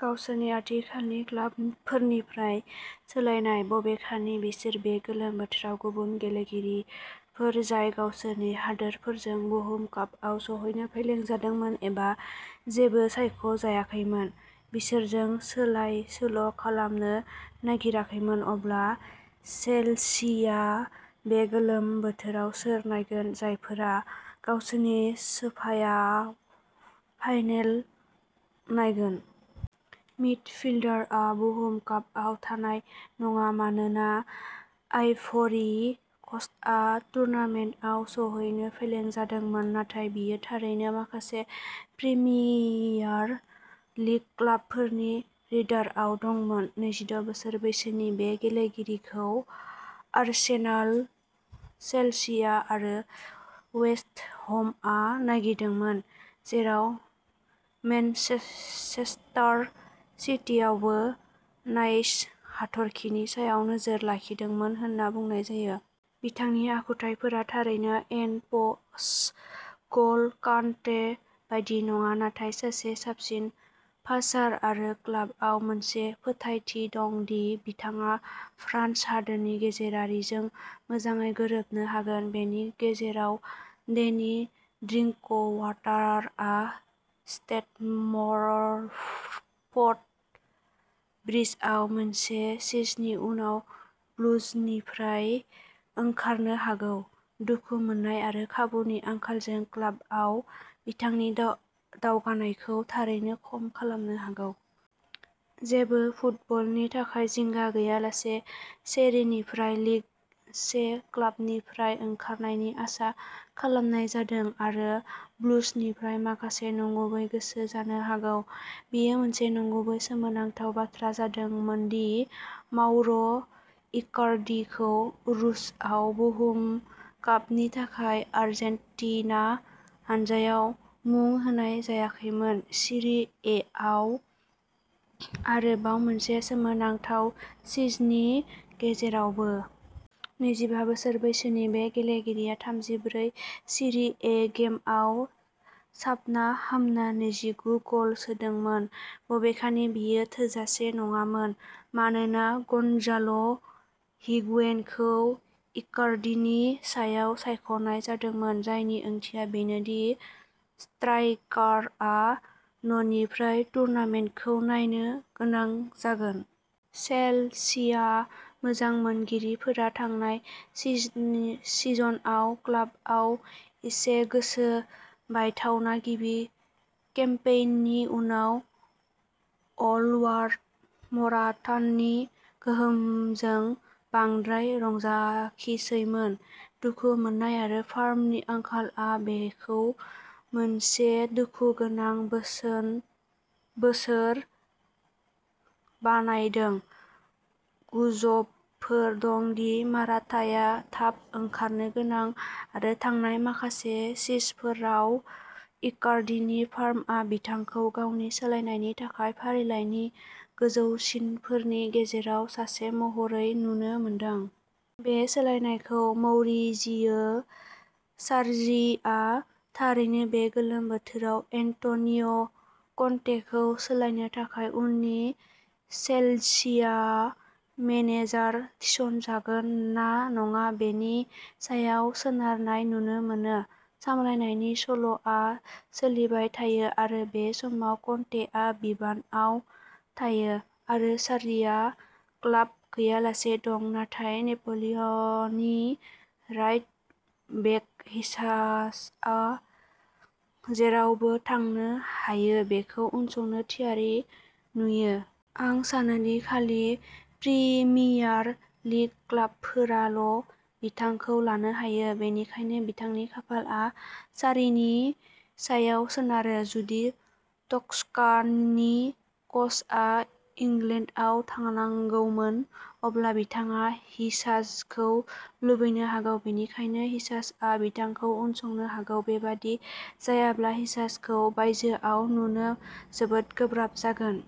गावसोरनि आथिखालनि क्लाबफोरनिफ्राय सोलायनाय। बबेखानि बिसोर बे गोलोम बोथोराव गुबुन गेलेगिरिफोर जाय गावसोरनि हादोरफोरजों बुहुम कापआव सौहैनो फेलें जादोंमोन एबा जेबो सायख'जायाखैमोन, बिसोरजों सोलायसोल'खालामनो नागिराखैमोन। अब्ला चेल्सिया बे गोलोम बोथोराव सोर नायगोन, जायफोरा गावसोरनि सोफायाव फाइनेल नायगोन? मिडफिल्डारआ बुहुम कापआव थानाय नङा, मानोना आइभ'रि क'स्टआ टुर्नामेन्टआव सौहैनो फेलें जादोंमोन, नाथाय बियो थारैनो माखासे प्रिमियार लिग क्लाबफोरनि रेडारआव दंमोन। नैजिद' बोसोर बैसोनि बे गेलेगिरिखौ आर्सेनाल, चेल्सिया आरो वेस्ट हमआ नागिरदोंमोन, जेराव मेनचेसचेस्टार सिटीआवबो नाइस हाथरखिनि सायाव नोजोर लाखिदोंमोन होनना बुंनाय जायो। बिथांनि आखुथायफोरा थारैनो एन'प'स ग'ल'कान्टे बायदि नङा, नाथाय सासे साबसिन पासार आरो क्लाबआव मोनसे फोथायथि दं दि बिथाङा फ्रान्स हादोरनि गेजेरारिजों मोजाङै गोरोबनो हागोन। बेनि गेजेराव, डेनि ड्रिंकवाटारआ स्टेटमरफर्ड ब्रिजआव मोनसे सिजनि उनाव ब्लुजनिफ्राय ओंखारनो हागौ, दुखु मोननाय आरो खाबुनि आंखालजों क्लाबआव बिथांनि दाव-दावगानायखौ थारैनो खम खालामनो हागौ। जेबो फुटबलनि थाखाय जिंगा गैयालासे, सेरिनिफ्राय लिग से क्लाबनिफ्राय ओंखारनायनि आसा खालामनाय जादों आरो ब्लुजनिफ्राय माखासे नंगुबै गोसो जानो हागौ। बेयो मोनसे नंगुबै सोमोनांथाव बाथ्रा जादोंमोन दि माउर' इकार्डिखौ रूसआव बुहुम कापनि थाखाय आर्जेन्टिना हानजायाव मुं होनाय जायाखैमोन, सिरि एआव आरोबाव मोनसे सोमोनांथाव सिजनि गेजेरावबो। नैजिबा बोसोर बैसोनि बे गेलेगिरिया थामजिब्रै सिरि ए गेमआव साबना-हामना नैजिगु गल सोदोंमोन, बबेखानि बेयो थोजासे नङामोन मानोना गन्जाल' हिगुयेनखौ इकार्डिनि सायाव सायख'नाय जादोंमोन, जायनि ओंथिया बेनोदि स्ट्राइकारआ न'निफ्राय टुर्नामेन्टखौ नायनो गोनां जागोन। चेल्सिया मोजां मोनगिरिफोरा थांनाय सिजनि सिजनआव क्लाबआव एसे गोसो बायथावना गिबि केम्पेइननि उनाव अलवार'मराटनि गोहोमजों बांद्राय रंजाखिसैमोन। दुखु मोन्नाय आरो फार्मनि आंखालआ बेखौ मोनसे दुखुगोनां बोसोन बोसोर बानायदों। गुजबफोर दं दि माराताया थाब ओंखारनो गोनां, आरो थांनाय माखासे सिजफोराव इकार्डिनि फार्मआ बिथांखौ गावनि सोलायनायनि थाखाय फारिलाइनि गोजौसिनफोरनि गेजेराव सासे महरै नुनो मोनदों। बे सोलायनायखौ मौरिजियो सार्जीआ थारैनो बे गोलोम बोथोराव एन्ट'निय'कन्तेखौ सोलायनो थाखाय उननि चेल्सिया मेनेजार थिसनजागोन ना नङा बेनि सायाव सोनारनाय नुनो मोनो। सामलायनायनि सल'आ सोलिबाय थायो आरो बे समाव कन्तेआ बिबानआव थायो आरो सार्रीआ क्लाब गैयालासे दं, नाथाय नेप'लीअनि राइट-बेक हिसाजआ जेरावबो थांनो हायो बेखौ उनसंनो थियारि नुयो। "आं सानो दि खालि प्रिमियार लीग क्लाबफोराल'बिथांखौ लानो हायो, बेनिखायनो बिथांनि खाफालआ सार्रीनि सायाव सोनारो।" जुदि टक्स्काननि कचआ इंलेन्डआव थांनांगौमोन, अब्ला बिथाङा हिसाजखौ लुबैनो हागौ, बेनिखायनो, हिसाजआ बिथांखौ उनसंनो हागौ। बेबादि जायाब्ला, हिसाजखौ बायजोआव नुनो जोबोद गोब्राब जागोन।